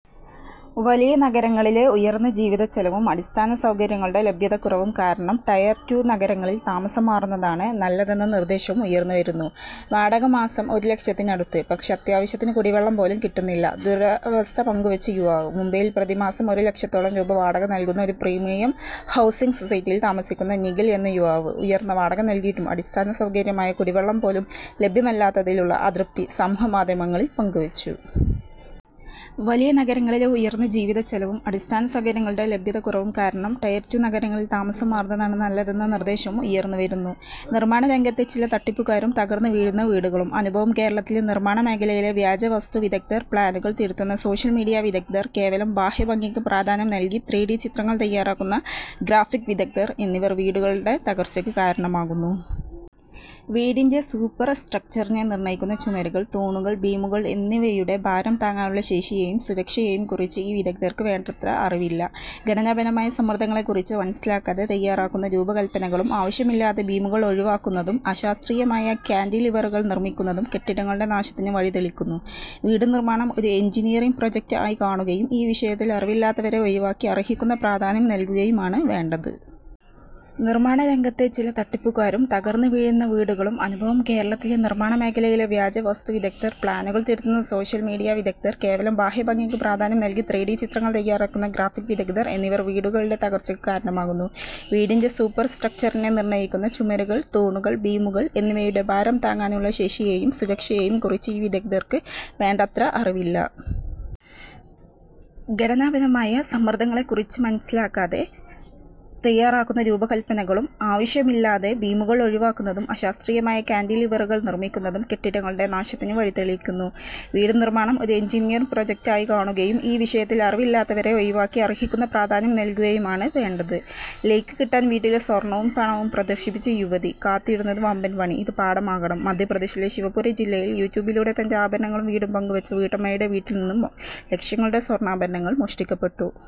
വലിയ നഗരങ്ങളിലെ ഉയർന്ന ജീവിതച്ചെലവും അടിസ്ഥാന സൗകര്യങ്ങളുടെ ലഭ്യതക്കുറവും കാരണം ടയർ ടു നഗരങ്ങളിൽ താമസം മാറുന്നതാണ് നല്ലതെന്ന നിർദ്ദേശവും ഉയർന്നു വരുന്നു. വാടക മാസം ഒരുലക്ഷത്തിനടുത്ത്; പക്ഷേ അത്യാവശ്യത്തിന് കുടിവെള്ളം പോലും കിട്ടുന്നില്ല: ദുരവസ്ഥ പങ്കുവച്ച് യുവാവ് മുംബൈയിൽ പ്രതിമാസം ഒരു ലക്ഷത്തോളം രൂപ വാടക നൽകുന്ന ഒരു പ്രീമിയം ഹൗസിങ് സൊസൈറ്റിയിൽ താമസിക്കുന്ന നിഖിൽ എന്ന യുവാവ്, ഉയർന്ന വാടക നൽകിയിട്ടും അടിസ്ഥാന സൗകര്യമായ കുടിവെള്ളം പോലും ലഭ്യമല്ലാത്തതിലുള്ള അതൃപ്തി സമൂഹമാധ്യമങ്ങളിൽ പങ്കുവെച്ചു. വലിയ നഗരങ്ങളിലെ ഉയർന്ന ജീവിതച്ചെലവും അടിസ്ഥാന സൗകര്യങ്ങളുടെ ലഭ്യതക്കുറവും കാരണം ടയർ ടു നഗരങ്ങളിൽ താമസം മാറുന്നതാണ് നല്ലതെന്ന നിർദ്ദേശവും ഉയർന്നു വരുന്നു. നിർമാണരംഗത്തെ ചില തട്ടിപ്പുകാരും തകർന്നുവീഴുന്ന വീടുകളും; അനുഭവം കേരളത്തിലെ നിർമ്മാണമേഖലയിൽ വ്യാജ വാസ്തുവിദഗ്ധർ, പ്ലാനുകൾ തിരുത്തുന്ന സോഷ്യൽ മീഡിയ വിദഗ്ധർ, കേവലം ബാഹ്യഭംഗിക്ക് പ്രാധാന്യം നൽകി ത്രീഡി ചിത്രങ്ങൾ തയ്യാറാക്കുന്ന ഗ്രാഫിക് വിദഗ്ധർ എന്നിവർ വീടുകളുടെ തകർച്ചയ്ക്ക് കാരണമാകുന്നു. വീടിന്റെ സൂപ്പർ സ്ട്രക്ച്ചറിനെ നിർണ്ണയിക്കുന്ന ചുമരുകൾ, തൂണുകൾ, ബീമുകൾ എന്നിവയുടെ ഭാരം താങ്ങാനുള്ള ശേഷിയെയും സുരക്ഷയെയും കുറിച്ച് ഈ വിദഗ്ധർക്ക് വേണ്ടത്ര അറിവില്ല. ഘടനാപരമായ സമ്മർദ്ദങ്ങളെക്കുറിച്ച് മനസ്സിലാക്കാതെ തയ്യാറാക്കുന്ന രൂപകൽപ്പനകളും, ആവശ്യമില്ലാതെ ബീമുകൾ ഒഴിവാക്കുന്നതും, അശാസ്ത്രീയമായ കാന്റിലിവറുകൾ നിർമ്മിക്കുന്നതും കെട്ടിടങ്ങളുടെ നാശത്തിന് വഴിതെളിക്കുന്നു. വീട് നിർമ്മാണം ഒരു എഞ്ചിനീയറിംഗ് പ്രോജക്റ്റ് ആയി കാണുകയും, ഈ വിഷയത്തിൽ അറിവില്ലാത്തവരെ ഒഴിവാക്കി, അർഹിക്കുന്ന പ്രാധാന്യം നൽകുകയുമാണ് വേണ്ടത്. നിർമാണരംഗത്തെ ചില തട്ടിപ്പുകാരും തകർന്നുവീഴുന്ന വീടുകളും; അനുഭവം കേരളത്തിലെ നിർമ്മാണമേഖലയിൽ വ്യാജ വാസ്തുവിദഗ്ധർ, പ്ലാനുകൾ തിരുത്തുന്ന സോഷ്യൽ മീഡിയ വിദഗ്ധർ, കേവലം ബാഹ്യഭംഗിക്ക് പ്രാധാന്യം നൽകി ത്രീഡി ചിത്രങ്ങൾ തയ്യാറാക്കുന്ന ഗ്രാഫിക് വിദഗ്ധർ എന്നിവർ വീടുകളുടെ തകർച്ചയ്ക്ക് കാരണമാകുന്നു. വീടിന്റെ സൂപ്പർ സ്ട്രക്ച്ചറിനെ നിർണ്ണയിക്കുന്ന ചുമരുകൾ, തൂണുകൾ, ബീമുകൾ എന്നിവയുടെ ഭാരം താങ്ങാനുള്ള ശേഷിയെയും സുരക്ഷയെയും കുറിച്ച് ഈ വിദഗ്ധർക്ക് വേണ്ടത്ര അറിവില്ല. ഘടനാപരമായ സമ്മർദ്ദങ്ങളെക്കുറിച്ച് മനസ്സിലാക്കാതെ തയ്യാറാക്കുന്ന രൂപകൽപ്പനകളും, ആവശ്യമില്ലാതെ ബീമുകൾ ഒഴിവാക്കുന്നതും, അശാസ്ത്രീയമായ കാന്റിലിവറുകൾ നിർമ്മിക്കുന്നതും കെട്ടിടങ്ങളുടെ നാശത്തിന് വഴിതെളിക്കുന്നു. വീട് നിർമ്മാണം ഒരു എഞ്ചിനീയറിംഗ് പ്രോജക്റ്റ് ആയി കാണുകയും, ഈ വിഷയത്തിൽ അറിവില്ലാത്തവരെ ഒഴിവാക്കി, അർഹിക്കുന്ന പ്രാധാന്യം നൽകുകയുമാണ് വേണ്ടത്. ലൈക്ക് കിട്ടാൻ വീട്ടിലെ സ്വർണവും പണവും പ്രദർശിപ്പിച്ച് യുവതി: കാത്തിരുന്നത് വമ്പൻ 'പണി'; ഇത് പാഠമാകണം മധ്യപ്രദേശിലെ ശിവപുരി ജില്ലയിൽ, യൂട്യൂബിലൂടെ തൻ്റെ ആഭരണങ്ങളും വീടും പങ്കുവെച്ച വീട്ടമ്മയുടെ വീട്ടിൽ നിന്നും ലക്ഷങ്ങളുടെ സ്വർണ്ണാഭരണങ്ങൾ മോഷ്ടിക്കപ്പെട്ടു.